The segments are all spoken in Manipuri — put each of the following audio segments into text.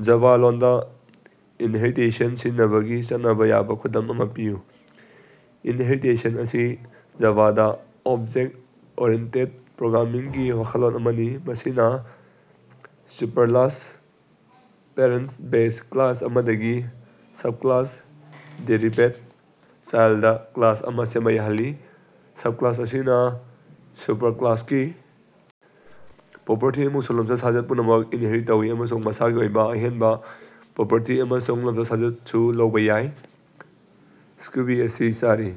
ꯖꯥꯚꯥ ꯂꯣꯟꯗ ꯏꯟꯍꯦꯔꯤꯇꯦꯁꯟ ꯁꯤꯖꯤꯟꯅꯕꯒꯤ ꯆꯠꯅꯕ ꯌꯥꯕ ꯈꯨꯗꯝ ꯑꯃꯥ ꯄꯤꯌꯨ꯫ ꯏꯟꯍꯦꯔꯤꯇꯦꯁꯟ ꯑꯁꯤ ꯖꯥꯚꯥꯗ ꯑꯣꯞꯖ‌ꯦꯛ ꯑꯣꯔꯤꯌ‌ꯦꯟꯇ‌ꯦꯠ ꯄ꯭ꯔ‌ꯣꯒ꯭ꯔꯥꯝꯃꯤꯡꯒꯤ ꯋꯥꯈꯜꯂꯣꯟ ꯑꯃꯅꯤ, ꯃꯁꯤꯅ ꯁꯨꯄꯔꯂꯥꯁ ꯄꯦꯔꯦꯟꯇ ꯕꯦꯖ ꯀ꯭ꯂꯥꯁ ꯑꯃꯗꯒꯤ ꯁꯕꯀꯂꯥꯁ ꯗꯦꯔꯤꯕꯦꯗ ꯆꯥꯏꯜꯗ ꯀ꯭ꯂꯥꯁ ꯑꯃꯥ ꯁꯦꯝꯕ ꯌꯥꯍꯜꯂꯤ꯫ ꯁꯕꯀꯂꯥꯁ ꯑꯁꯤꯅ ꯁꯨꯄꯔꯀꯂꯥꯁꯀꯤ ꯄ꯭ꯔꯣꯄꯔꯇꯤ ꯑꯃꯁꯨꯡ ꯂꯝꯆꯠ-ꯁꯥꯖꯠ ꯄꯨꯝꯅꯃꯛ ꯏꯟꯍꯦꯔꯤ ꯇꯧꯏ, ꯑꯃꯁꯨꯡ ꯃꯁꯥꯒꯤ ꯑꯣꯏꯕ ꯑꯍꯦꯟꯕ ꯄ꯭ꯔꯣꯄꯔꯇꯤ ꯑꯃꯁꯨꯡ ꯂꯝꯆꯠ-ꯁꯥꯖꯠꯁꯨ ꯂꯩꯕꯥ ꯌꯥꯏ꯫ ꯁ꯭ꯀꯨꯕꯤ ꯑꯁꯤ ꯆꯥꯔꯤ꯫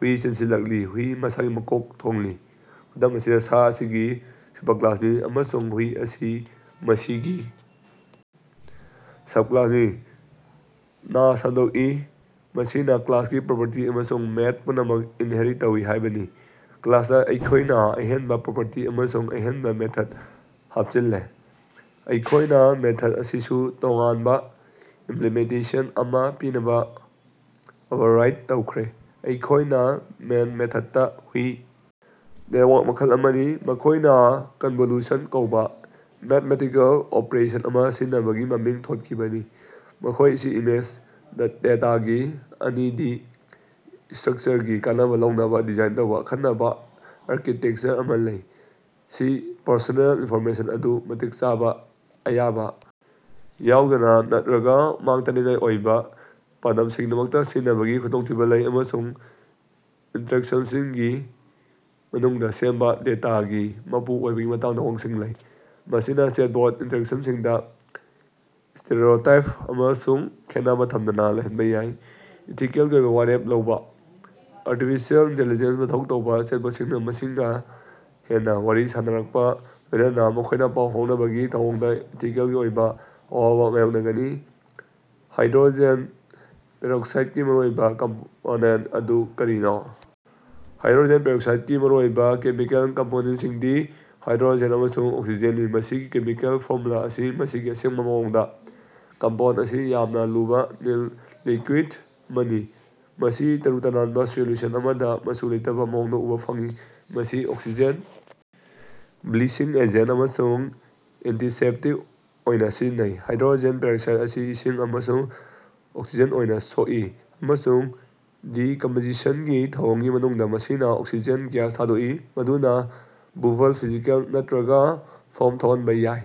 ꯍꯨꯏ ꯆꯦꯟꯁꯤꯜꯂꯛꯏ꯫ ꯍꯨꯏ ꯃꯁꯥꯒꯤ ꯃꯀꯣꯛ ꯊꯣꯡꯂꯤ꯫ ꯈꯨꯗꯝ ꯑꯁꯤꯗ, ꯁꯥ ꯑꯁꯤ ꯁꯨꯄꯔꯀꯂꯥꯁꯅꯤ, ꯑꯃꯁꯨꯡ ꯍꯨꯏ ꯑꯁꯤ ꯃꯁꯤꯒꯤ ꯁꯕꯀꯂꯥꯁꯅꯤ꯫ ꯅꯥ ꯁꯥꯡꯗꯣꯛꯏ, ꯃꯁꯤꯅ ꯀ꯭ꯂꯥꯁꯀꯤ ꯄ꯭ꯔꯣꯄꯔꯇꯤ ꯑꯃꯁꯨꯡ ꯃꯦꯠ ꯄꯨꯝꯅꯃꯛ ꯏꯟꯍꯦꯔꯤ ꯇꯧꯏ ꯍꯥꯏꯕꯅꯤ꯫ ꯀ꯭ꯂꯥꯁꯇ, ꯑꯩꯈꯣꯏꯅ ꯑꯍꯦꯟꯕ ꯄ꯭ꯔꯣꯄꯔꯇꯤ ꯑꯃꯁꯨꯡ ꯑꯍꯦꯟꯕ ꯃꯦꯊꯠ ꯍꯥꯞꯆꯤꯜꯂꯦ꯫ ꯑꯩꯈꯣꯏꯅ ꯃꯦꯊꯠ ꯑꯁꯤꯁꯨ ꯇꯣꯉꯥꯟꯕ ꯏꯝꯄꯂꯤꯃꯦꯟꯇꯦꯁꯟ ꯑꯃꯥ ꯄꯤꯅꯕ ꯑꯣꯚꯔꯔꯥꯏꯗ ꯇꯧꯈ꯭ꯔꯦ꯫ ꯑꯩꯈꯣꯏꯅ ꯃꯦꯟ ꯃꯦꯊꯗꯇꯥ ꯍꯨꯏ ꯅꯦꯇꯋꯥꯔꯛ ꯃꯈꯜ ꯑꯃꯅꯤ꯫ ꯃꯈꯣꯏꯅ ꯀꯟꯚꯣꯂꯨꯁꯟ ꯀꯧꯕ ꯃꯦꯊꯃꯦꯇꯤꯀꯦꯜ ꯑꯣꯄꯔꯦꯁꯟ ꯑꯃꯥ ꯁꯤꯖꯤꯟꯅꯕꯒꯤ ꯃꯃꯤꯡ ꯊꯣꯟꯈꯤꯕꯅꯤ, ꯃꯈꯣꯏ ꯑꯁꯤ ꯏꯃꯦꯖ ꯗꯦꯇꯥꯒꯤ ꯑꯅꯤꯗꯤ ꯁ꯭ꯇꯔꯀꯆꯔꯒꯤ ꯀꯥꯟꯅꯕ ꯂꯧꯅꯕ ꯗꯤꯖꯥꯏꯟ ꯇꯧꯕ ꯑꯈꯟꯅꯕ ꯑꯥꯔꯀꯤꯇꯦꯛꯆꯔ ꯑꯃꯥ ꯂꯩ꯫ ꯁꯤ ꯄꯔꯁꯣꯅꯦꯜ ꯏꯟꯐꯣꯔꯃꯦꯁꯟ ꯑꯗꯨ ꯃꯇꯤꯛ ꯆꯥꯕ ꯑꯌꯥꯕ ꯌꯥꯎꯗꯅ ꯅꯠꯇꯔꯒ ꯃꯥꯡ-ꯇꯥꯛꯅꯤꯡꯉꯥꯏ ꯑꯣꯏꯕ ꯄꯥꯟꯗꯝꯁꯤꯡꯒꯤꯗꯃꯛꯇ ꯁꯤꯖꯤꯟꯅꯕꯒꯤ ꯈꯨꯗꯣꯡꯊꯤꯕ ꯂꯩ, ꯑꯃꯁꯨꯡ ꯏꯟꯇꯔꯦꯛꯁꯟꯁꯤꯡꯒꯤ ꯃꯅꯨꯡꯗ ꯁꯦꯝꯕ ꯗꯦꯇꯥꯒꯤ ꯃꯄꯨ ꯑꯣꯏꯕꯒꯤ ꯃꯇꯥꯡꯗ ꯋꯥꯍꯪꯁꯤꯡ ꯂꯩ꯫ ꯃꯁꯤꯅ ꯆꯦꯠꯕꯣꯠ ꯏꯟꯇꯔꯦꯛꯁꯟꯁꯤꯡꯗ ꯁ꯭ꯇꯦꯔꯤꯑꯣꯇꯥꯏꯞ ꯑꯃꯁꯨꯡ ꯈꯦꯠꯅꯕ ꯊꯝꯗꯅ ꯂꯩꯍꯟꯕ ꯌꯥꯏ꯫ ꯏꯊꯤꯀꯦꯜꯒꯤ ꯑꯣꯏꯕ ꯋꯥꯔꯦꯞ ꯂꯧꯕꯥ: ꯑꯥꯔꯇꯤꯐꯤꯁꯤꯑꯦꯜ ꯏꯟꯇ‌ꯦꯂꯤꯖ‌ꯦꯟꯁ ꯃꯊꯧ ꯇꯧꯕ ꯆꯦꯠꯕꯣꯠꯁꯤꯡꯅ ꯃꯤꯁꯤꯡꯒ ꯍꯦꯟꯅ ꯋꯥꯔꯤ ꯁꯥꯅꯔꯛꯄꯒ ꯂꯣꯏꯅꯅ ꯃꯈꯣꯏꯅ ꯄꯥꯎ ꯐꯥꯎꯅꯕꯒꯤ ꯊꯧꯑꯣꯡꯗ ꯏꯊꯤꯀꯦꯜꯒꯤ ꯑꯣꯏꯕ ꯑꯋꯥꯕ ꯃꯥꯌꯣꯛꯅꯒꯅꯤ꯫ ꯍꯥꯏꯗ꯭ꯔꯣꯖꯦꯟ ꯄꯦꯔꯣꯛꯁꯥꯏꯠꯀꯤ ꯃꯔꯨꯑꯣꯏꯕ ꯀꯝꯄꯣꯅꯦꯟ ꯑꯗꯨ ꯀꯔꯤꯅꯣ? ꯍꯥꯏꯗ꯭ꯔꯣꯖꯦꯟ ꯄꯦꯔꯣꯛꯁꯥꯏꯗꯀꯤ ꯃꯔꯨꯑꯣꯏꯕ ꯀꯦꯃꯤꯀꯦꯜ ꯀꯝꯄꯣꯅꯦꯟꯁꯤꯡꯗꯤ ꯍꯥꯏꯗ꯭ꯔꯣꯖꯦꯟ ꯑꯃꯁꯨꯡ ꯑꯣꯛꯁꯤꯖꯦꯟꯅꯤ, ꯃꯁꯤꯒꯤ ꯀꯦꯃꯤꯀꯦꯜ ꯐꯣꯔꯃꯨꯂꯥ ꯑꯁꯤ ꯃꯁꯤꯒꯤ ꯑꯁꯦꯡꯕ ꯃꯑꯣꯡꯗ, ꯀꯝꯄꯥꯎꯟꯠ ꯑꯁꯤ ꯌꯥꯝꯅ ꯂꯨꯕ ꯅꯤꯜ ꯂꯤꯀ꯭ꯌꯨꯏꯠ ꯑꯃꯅꯤ, ꯃꯁꯤ ꯇꯔꯨ-ꯇꯅꯥꯟꯕ ꯁꯣꯂ꯭ꯌꯨꯁꯟ ꯑꯃꯗ ꯃꯆꯨ ꯂꯩꯇꯕ ꯃꯑꯣꯡꯗ ꯎꯕ ꯐꯪꯏ꯫ ꯃꯁꯤ ꯑꯣꯛꯁꯤꯖꯦꯟ, ꯕ꯭ꯂꯤꯆꯤꯡ ꯑꯦꯖꯦꯟ ꯑꯃꯁꯨꯡ ꯑꯦꯟꯇꯤꯁꯦꯞꯇꯤꯛ ꯑꯣꯏꯅ ꯁꯤꯖꯤꯟꯅꯩ꯫ ꯍꯥꯏꯗ꯭ꯔꯣꯖꯦꯟ ꯄꯦꯔꯣꯛꯁꯥꯏꯠ ꯑꯁꯤ ꯏꯁꯤꯡ ꯑꯃꯁꯨꯡ ꯑꯣꯛꯁꯤꯖꯦꯟ ꯑꯣꯏꯅ ꯁꯣꯛꯏ, ꯑꯃꯁꯨꯡ ꯗꯤꯀꯝꯄꯁꯤꯁꯟꯒꯤ ꯊꯧꯑꯣꯡꯒꯤ ꯃꯅꯨꯡꯗ, ꯃꯁꯤꯅ ꯑꯣꯛꯁꯤꯖꯦꯟ ꯒ꯭ꯌꯥꯁ ꯊꯥꯗꯣꯛꯏ ꯃꯗꯨꯅ ꯕꯨꯕꯜ, ꯐꯤꯖꯤꯀꯦꯜ ꯅꯠꯇꯔ꯭ꯒ ꯐꯣꯝ ꯊꯣꯛꯍꯟꯕ ꯌꯥꯏ꯫